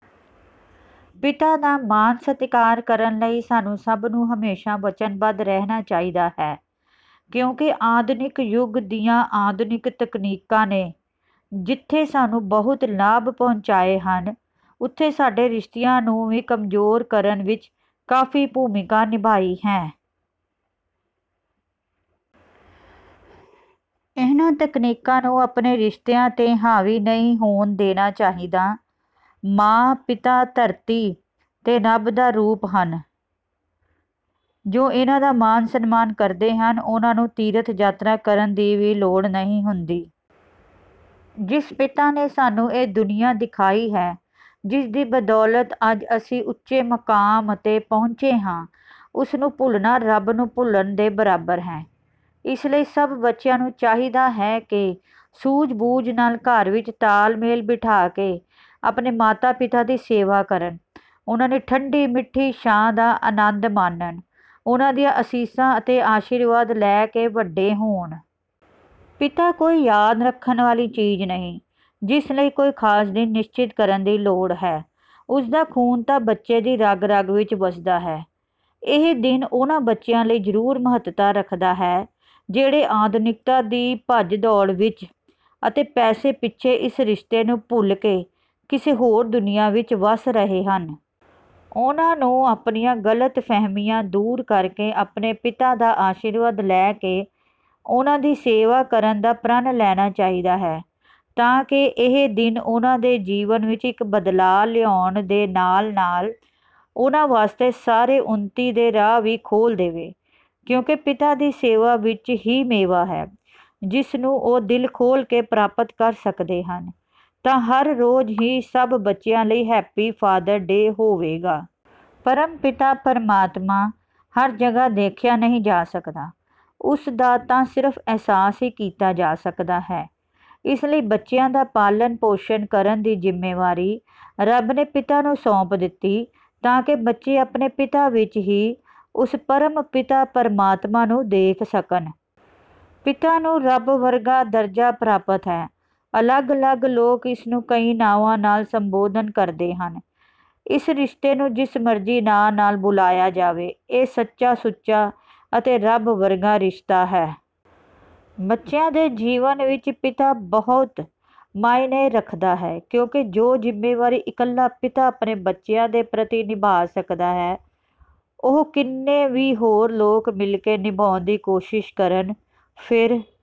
ਪਿਤਾ ਦਾ ਮਾਣ ਸਤਿਕਾਰ ਕਰਨ ਲਈ ਸਾਨੂੰ ਸਭ ਨੂੰ ਹਮੇਸ਼ਾ ਵਚਨਬੱਧ ਰਹਿਣਾ ਚਾਹੀਦਾ ਹੈ ਕਿਉਂਕਿ ਆਧੁਨਿਕ ਯੁੱਗ ਦੀਆਂ ਆਧੁਨਿਕ ਤਕਨੀਕਾਂ ਨੇ ਜਿੱਥੇ ਸਾਨੂੰ ਬਹੁਤ ਲਾਭ ਪਹੁੰਚਾਏ ਹਨ ਉੱਥੇ ਸਾਡੇ ਰਿਸ਼ਤਿਆਂ ਨੂੰ ਵੀ ਕਮਜ਼ੋਰ ਕਰਨ ਵਿੱਚ ਕਾਫੀ ਭੂਮਿਕਾ ਨਿਭਾਈ ਹੈ। ਇਨ੍ਹਾਂ ਤਕਨੀਕਾਂ ਨੂੰ ਆਪਣੇ ਰਿਸ਼ਤਿਆਂ ਤੇ ਹਾਵੀ ਨਹੀਂ ਹੋਣ ਦੇਣਾ ਚਾਹੀਦਾ। ਮਾਂ ਪਿਤਾ ਧਰਤੀ ਤੇ ਰੱਬ ਦਾ ਰੂਪ ਹਨ ਜੋ ਇਨ੍ਹਾਂ ਦਾ ਮਾਣ ਸਨਮਾਨ ਕਰਦੇ ਹਨ ਉਨ੍ਹਾਂ ਨੂੰ ਤੀਰਥ ਯਾਤਰਾ ਕਰਨ ਦੀ ਵੀ ਲੋੜ ਨਹੀਂ ਹੁੰਦੀ। ਜਿਸ ਪਿਤਾ ਨੇ ਸਾਨੂੰ ਇਹ ਦੁਨੀਆ ਦਿਖਾਈ ਹੈ ਜਿਸ ਦੀ ਬਦੌਲਤ ਅੱਜ ਅਸੀਂ ਉੱਚੇ ਮੁਕਾਮ ਤੇ ਪਹੁੰਚੇ ਹਾਂ ਉਸ ਨੂੰ ਭੁੱਲਣਾ ਰੱਬ ਨੂੰ ਭੁੱਲਣ ਦੇ ਬਰਾਬਰ ਹੈ। ਇਸ ਲਈ ਸਭ ਬੱਚਿਆਂ ਨੂੰ ਚਾਹੀਦਾ ਹੈ ਕਿ ਸੂਝ ਬੂਝ ਨਾਲ ਘਰ ਵਿੱਚ ਤਾਲਮੇਲ ਬਿਠਾ ਕੇ ਆਪਣੇ ਮਾਤਾ ਪਿਤਾ ਦੀ ਸੇਵਾ ਕਰਨ ਉਨ੍ਹਾਂ ਦੀ ਠੰਢੀ ਮਿੱਠੀ ਛਾਂ ਦਾ ਅਨੰਦ ਮਾਣਨ ਉਨ੍ਹਾਂ ਦੀਆਂ ਅਸੀਸਾਂ ਅਤੇ ਅਸ਼ੀਰਵਾਦ ਲੈ ਕੇ ਵੱਡੇ ਹੋਣ। ਪਿਤਾ ਕੋਈ ਯਾਦ ਰੱਖਣ ਵਾਲੀ ਚੀਜ਼ ਨਹੀਂ ਜਿਸ ਲਈ ਕੋਈ ਖਾਸ ਦਿਨ ਨਿਸ਼ਚਿਤ ਕਰਨ ਦੀ ਲੋੜ ਹੈ ਉਸ ਦਾ ਖੂਨ ਤਾਂ ਬੱਚੇ ਦੀ ਰਗ ਰਗ ਵਿੱਚ ਵਸਦਾ ਹੈ। ਇਹ ਦਿਨ ਉਨ੍ਹਾਂ ਬੱਚਿਆਂ ਲਈ ਜ਼ਰੂਰ ਮਹੱਤਤਾ ਰੱਖਦਾ ਹੈ ਜਿਹੜੇ ਆਧੁਨਿਕਤਾ ਦੀ ਭੱਜ ਦੌੜ ਵਿੱਚ ਅਤੇ ਪੈਸੇ ਪਿੱਛੇ ਇਸ ਰਿਸ਼ਤੇ ਨੂੰ ਭੁੱਲ ਕੇ ਕਿਸੇ ਹੋਰ ਦੁਨੀਆ ਵਿੱਚ ਵਸ ਰਹੇ ਹਨ। ਉਨ੍ਹਾਂ ਨੂੰ ਆਪਣੀਆਂ ਗਲਤਫਹਿਮੀਆਂ ਦੂਰ ਕਰਕੇ ਆਪਣੇ ਪਿਤਾ ਦਾ ਅਸ਼ੀਰਵਾਦ ਲੈ ਕੇ ਉਨ੍ਹਾਂ ਦੀ ਸੇਵਾ ਕਰਨ ਦਾ ਪ੍ਰਣ ਲੈਣਾ ਚਾਹੀਦਾ ਹੈ ਤਾਂ ਕਿ ਇਹ ਦਿਨ ਉਨ੍ਹਾਂ ਦੇ ਜੀਵਨ ਵਿੱਚ ਇੱਕ ਬਦਲਾਅ ਲਿਆਉਣ ਦੇ ਨਾਲ ਨਾਲ ਉਨ੍ਹਾਂ ਵਾਸਤੇ ਸਾਰੇ ਉੱਨਤੀ ਦੇ ਰਾਹ ਵੀ ਖੋਲ੍ਹ ਦੇਵੇ ਕਿਉਂਕਿ ਪਿਤਾ ਦੀ ਸੇਵਾ ਵਿੱਚ ਹੀ ਮੇਵਾ ਹੈ ਜਿਸ ਨੂੰ ਉਹ ਦਿਲ ਖੋਲ੍ਹ ਕੇ ਪ੍ਰਾਪਤ ਕਰ ਸਕਦੇ ਹਨ ਤਾਂ ਹਰ ਰੋਜ਼ ਹੀ ਸਭ ਬੱਚਿਆਂ ਲਈ ਹੈਪੀ ਫਾਦਰ ਡੇ ਹੋਵੇਗਾ। ਪਰਮ ਪਿਤਾ ਪਰਮਾਤਮਾ ਹਰ ਜਗ੍ਹਾ ਦੇਖਿਆ ਨਹੀਂ ਜਾ ਸਕਦਾ ਉਸ ਦਾ ਤਾਂ ਸਿਰਫ ਅਹਿਸਾਸ ਹੀ ਕੀਤਾ ਜਾ ਸਕਦਾ ਹੈ। ਇਸ ਲਈ ਬੱਚਿਆਂ ਦਾ ਪਾਲਣ ਪੋਸ਼ਣ ਕਰਨ ਦੀ ਜ਼ਿੰਮੇਵਾਰੀ ਰੱਬ ਨੇ ਪਿਤਾ ਨੂੰ ਸੌਂਪ ਦਿੱਤੀ ਤਾਂ ਕਿ ਬੱਚੇ ਆਪਣੇ ਪਿਤਾ ਵਿੱਚ ਹੀ ਉਸ ਪਰਮ ਪਿਤਾ ਪਰਮਾਤਮਾ ਨੂੰ ਦੇਖ ਸਕਣ। ਪਿਤਾ ਨੂੰ ਰੱਬ ਵਰਗਾ ਦਰਜਾ ਪ੍ਰਾਪਤ ਹੈ। ਅਲੱਗ ਅਲੱਗ ਲੋਕ ਇਸ ਨੂੰ ਕਈ ਨਾਵਾਂ ਨਾਲ ਸੰਬੋਧਨ ਕਰਦੇ ਹਨ। ਇਸ ਰਿਸ਼ਤੇ ਨੂੰ ਜਿਸ ਮਰਜ਼ੀ ਨਾਂ ਨਾਲ ਬੁਲਾਇਆ ਜਾਵੇ ਇਹ ਸੱਚਾ ਸੁੱਚਾ ਅਤੇ ਰੱਬ ਵਰਗਾ ਰਿਸ਼ਤਾ ਹੈ। ਬੱਚਿਆਂ ਦੇ ਜੀਵਨ ਵਿੱਚ ਪਿਤਾ ਬਹੁਤ ਮਾਇਨੇ ਰੱਖਦਾ ਹੈ ਕਿਉਂਕਿ ਜੋ ਜ਼ਿੰਮੇਵਾਰੀ ਇਕੱਲਾ ਪਿਤਾ ਆਪਣੇ ਬੱਚਿਆਂ ਦੇ ਪ੍ਰਤੀ ਨਿਭਾ ਸਕਦਾ ਹੈ ਉਹ ਕਿੰਨੇ ਵੀ ਹੋਰ ਲੋਕ ਮਿਲ ਕੇ ਨਿਭਾਉਣ ਦੀ ਕੋਸ਼ਿਸ਼ ਕਰਨ ਫਿਰ